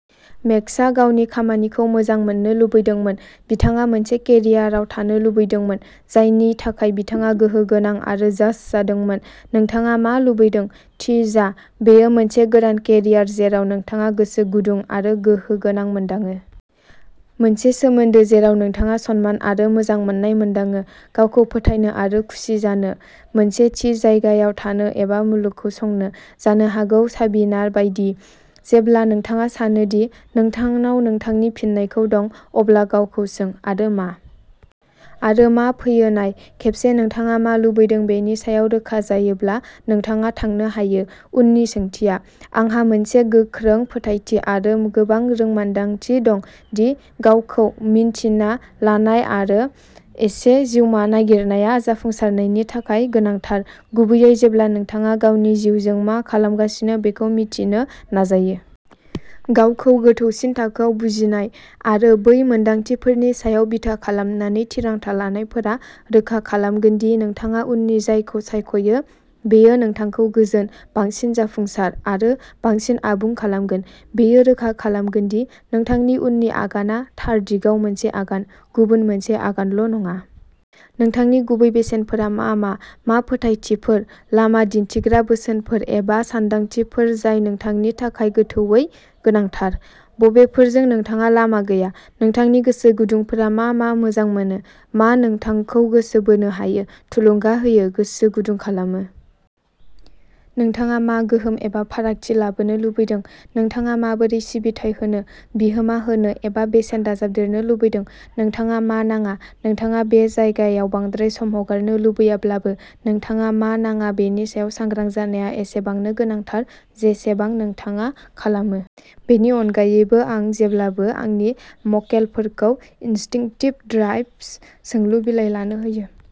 मेक्सआ गावनि खामानिखौ मोजां मोननो लुबैदोंमोन। बिथाङा मोनसे केरियार आव थानो लुबैदोंमोन जायनि थाखाय बिथाङा गोहो गोनां आरो "जाज" जादोंमोन। नोंथाङा मा लुबैदों? थि जा। बेयो मोनसे गोदान केरियार जेराव नोंथाङा गोसो गुदुं आरो गोहो गोनां मोनदाङो? मोनसे सोमोन्दो जेराव नोंथाङा सनमान आरो मोजां मोननाय मोनदाङो? गावखौ फोथायनो आरो खुसि जानो? मोनसे थि जायगायाव थानो एबा मुलुगखौ संनो? जानो हागौ, साबिना बायदि, जेब्ला नोंथाङा सानो दि नोंथांनाव नोंथांनि फिननायखौ दं, अब्ला गावखौ सों, "आरो मा? " आरो मा फैयो नाय। खेबसे नोंथाङा मा लुबैदों बेनि सायाव रोखा जायोब्ला, नोंथाङा थांनो हायो। उननि सोंथिया। आंहा मोनसे गोख्रों फोथायथि आरो गोबां रोंमोन्दांथि दं दि गावखौ-मिन्थिना लानाय आरो एसे जिउमा नागिरनाया जाफुंसारनायनि थाखाय गोनांथार-गुबैयै जेब्ला नोंथाङा गावनि जिउजों मा खालामगासिनो बेखौ मिथिनो नाजायो। गावखौ गोथौसिन थाखोआव बुजिनाय आरो बै मोनदांथिफोरनि सायाव बिथा खालामनानै थिरांथा लानायफोरा रोखा खालामगोन दि नोंथाङा उननि जायखौ सायख'यो बेयो नोंथांखौ गोजोन, बांसिन जाफुंसार आरो बांसिन आबुं खालामगोन। बेयो रोखा खालामगोन दि नोंथांनि उननि आगानआ थार दिगाव मोनसे आगान, गुबुन मोनसे आगानल'नङा। नोंथांनि गुबै बेसेनफोरा मा मा? मा फोथायथिफोर, लामा दिन्थिग्रा बोसोनफोर एबा सानदांथिफोर जाय नोंथांनि थाखाय गोथौवै गोनांथार? बबेफोरजों नोंथाङा लामा गैया? नोंथांनि गोसो गुदुंफोरा मा मा मोजां मोनो? मा नोंथांखौ गोसो बोनो हायो, थुलुंगा होयो, गोसो गुदुं खालामो? नोंथाङा मा गोहोम एबा फारागथि लाबोनो लुबैदों? नोंथाङा माबोरै सिबिथाइ होनो, बिहोमा होनो एबा बेसेन दाजाबदेरनो लुबैदों? नोंथाङा मा नाङा? नोंथाङा बे जायगायाव बांद्राय सम हगारनो लुबैयाब्लाबो, नोंथाङा मा नाङा बेनि सायाव सांग्रां जानाया एसेबांनो गोनांथार जेसेबां नोंथाङा खालामो! बेनि अनगायैबो, आं जेब्लाबो आंनि मक्केलफोरखौ इनस्टिंक्टिभ ड्राइभ्स सोंलु बिलाइ लानो होयो।